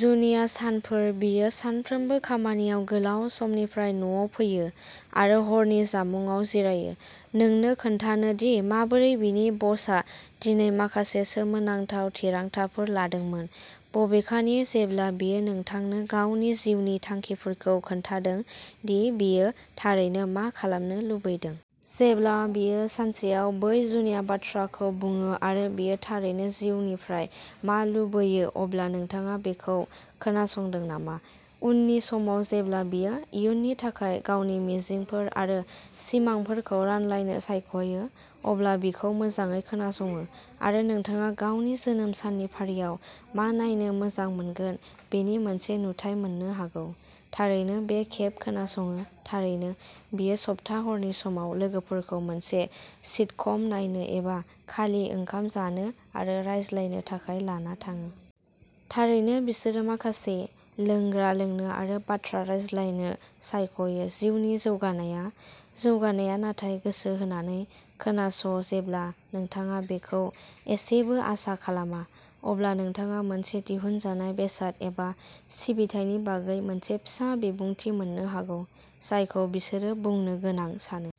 जुनिया सानफोर बियो सानफ्रोमबो खामानियाव गोलाव साननिफ्राय न'आव फैयो आरो हरनि जामुंआव जिरायो नोंनो खोन्थानो दि माबोरै बिनि बसआ दिनै माखासे सोमोनांथाव थिरांथाफोर लादोंमोन। बबेखानि, जेब्ला बियो नोंथांनो गावनि जिउनि थांखिफोरखौ खोन्थादों दि बियो थारैनो मा खालामनो लुबैदों? जेब्ला बियो सानसेआव बै जुनिया बाथ्राखौ बुङो आरो बियो थारैनो जिउनिफ्राय मा लुबैयो, अब्ला नोंथाङा बिखौ खोनासंदों नामा? उननि समाव जेब्ला बियो इयुननि थाखाय गावनि मिजिंफोर आरो सिमांफोरखौ रानलायनो सायख'यो, अब्ला बिखौ मोजाङै खोनासङो आरो नोंथाङा गावनि जोनोम साननि फारियाव मा नायनो मोजां मोनगोन बेनि मोनसे नुथाइ मोननो हागौ थारैनो बे खेब खोनासङो थारैनो, बियो सप्ता हरनि समाव लोगोफोरखौ मोनसे सिटकम नायनो एबा खालि ओंखाम जानो आरो रायज्लायनो थाखाय लाना थाङो। थारैनो, बिसोरो माखासे लोंग्रा लोंनो आरो बाथ्रा रायज्लायनो सायख'यो। जिउनि जौगानाया-जौगानाया। नाथाय गोसो होनानै खोनास, जेब्ला नोंथाङा बेखौ एसेबो आसा खालामा, अब्ला नोंथाङा मोनसे दिहुनजानाय बेसाद एबा सिबिथायनि बागै मोनसे फिसा बिबुंथि मोननो हागौ, जायखौ बिसोरो बुंनो गोनां सानो।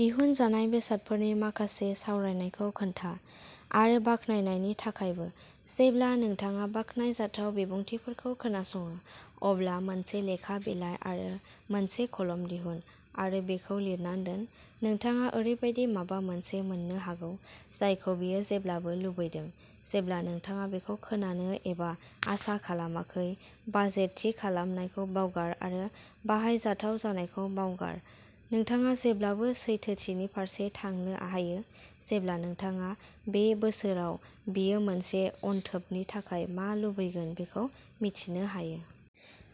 दिहुनजानाय बेसादफोरनि माखासे सावरायनायखौ खोनथा आरो बाख्नायनायनि थाखायबो। जेब्ला नोंथाङा बाख्नायजाथाव बिबुंथिफोरखौ खोनासङो, अब्ला मोनसे लेखा बिलाइ आरो मोनसे कलम दिहुन आरो बेखौ लिरना दोन नोंथाङा ओरैबायदि माबा मोनसे मोननो हागौ जायखौ बियो जेब्लाबो लुबैदों, जेब्ला नोंथाङा बेखौ खोनानो एसेबो आसा खालामाखै बाजेट थि खालामनायखौ बावगार आरो बाहायजाथाव जानायखौ बावगार नोंथाङा जेब्लाबो सैथोथिनि फारसे थांनो हायो जेब्ला नोंथाङा बे बोसोराव बियो मोनसे अनथोबनि थाखाय मा लुबैगोन बेखौ मिथिनो हायो।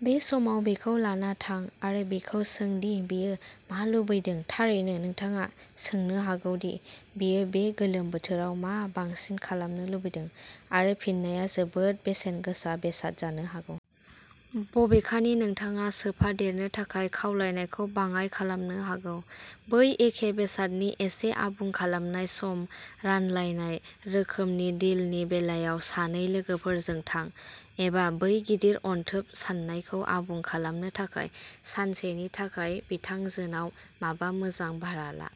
बे समाव, बेखौ लाना थां आरो बिखौ सों दि बियो मा लुबैदों थारैनो, नोंथाङा सोंनो हागौ दि बियो बे गोलोम बोथोराव मा बांसिन खालामनो लुबैदों आरो फिननाया जोबोद बेसेन गोसा बेसाद जानो हागौ। बबेखानि, नोंथाङा सोफादेरनो थाखाय खावलायनायखौ बाङाय खालामनो हागौ। बै एखे बेसादनि एसे आबुं खालामनाय, सम रानलायनाय रोखोमनि डिलनि बेलायाव सानै लोगोफोरजों थां एबा बै गिदिर अनथोब साननायखौ आबुं खालामनो थाखाय सानसेनि थाखाय बिथांजोनाव माबा मोजां भारा ला।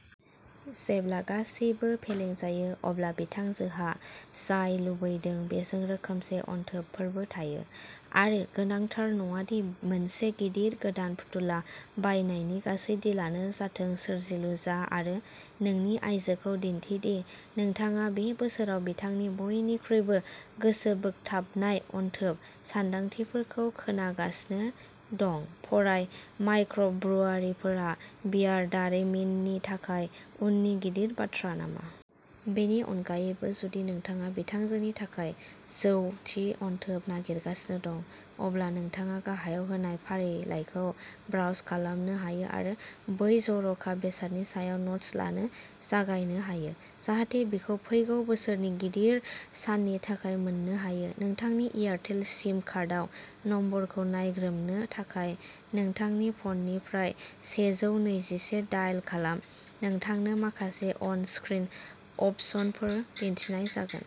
जेब्ला गासिबो फेलें जायो, अब्ला बिथांजोहा जाय लुबैदों बेजों रोखोमसे अनथोबफोरबो थायो आरो गोनांथार नङा दि मोनसे गिदिर गोदान फुथुला बायनायनि गासै डिलानो जाथों सोरजिलु जा आरो नोंनि आइजोखौ दिन्थि दि नोंथाङा बे बोसोराव बिथांनि बयनिख्रुइबो गोसोबोगथाबनाय अनथोब सानदांथिफोरखौ खोनागासिनो दं फराय माइक्रब्रुवारिफोरा बियार दारिमिननि थाखाय उननि गिदिर बाथ्रा नामा? बेनि अनगायैबो, जुदि नोंथाङा बिथांजोनि थाखाय जौ थि अनथोब नागिरगासिनो दं, अब्ला नोंथाङा गाहायाव होनाय फारिलाइखौ ब्राउज खालामनो हायो आरो बै जर'खा बेसादनि सायाव न'ट्स लानो जागायनो हायो जाहाथे बिखौ फैगौ बोसोरनि गिदिर साननि थाखाय मोननो हायो नोंथांनि एयारटेल सिम कार्डआव नम्बरखौ नायग्रोमनो थाखाय, नोंथांनि फ'ननिफ्राय सेजौनैजिसे दायेल खालाम, नोंथांनो माखासे अन स्क्रिन अपशनफोर दिन्थिनाय जागोन।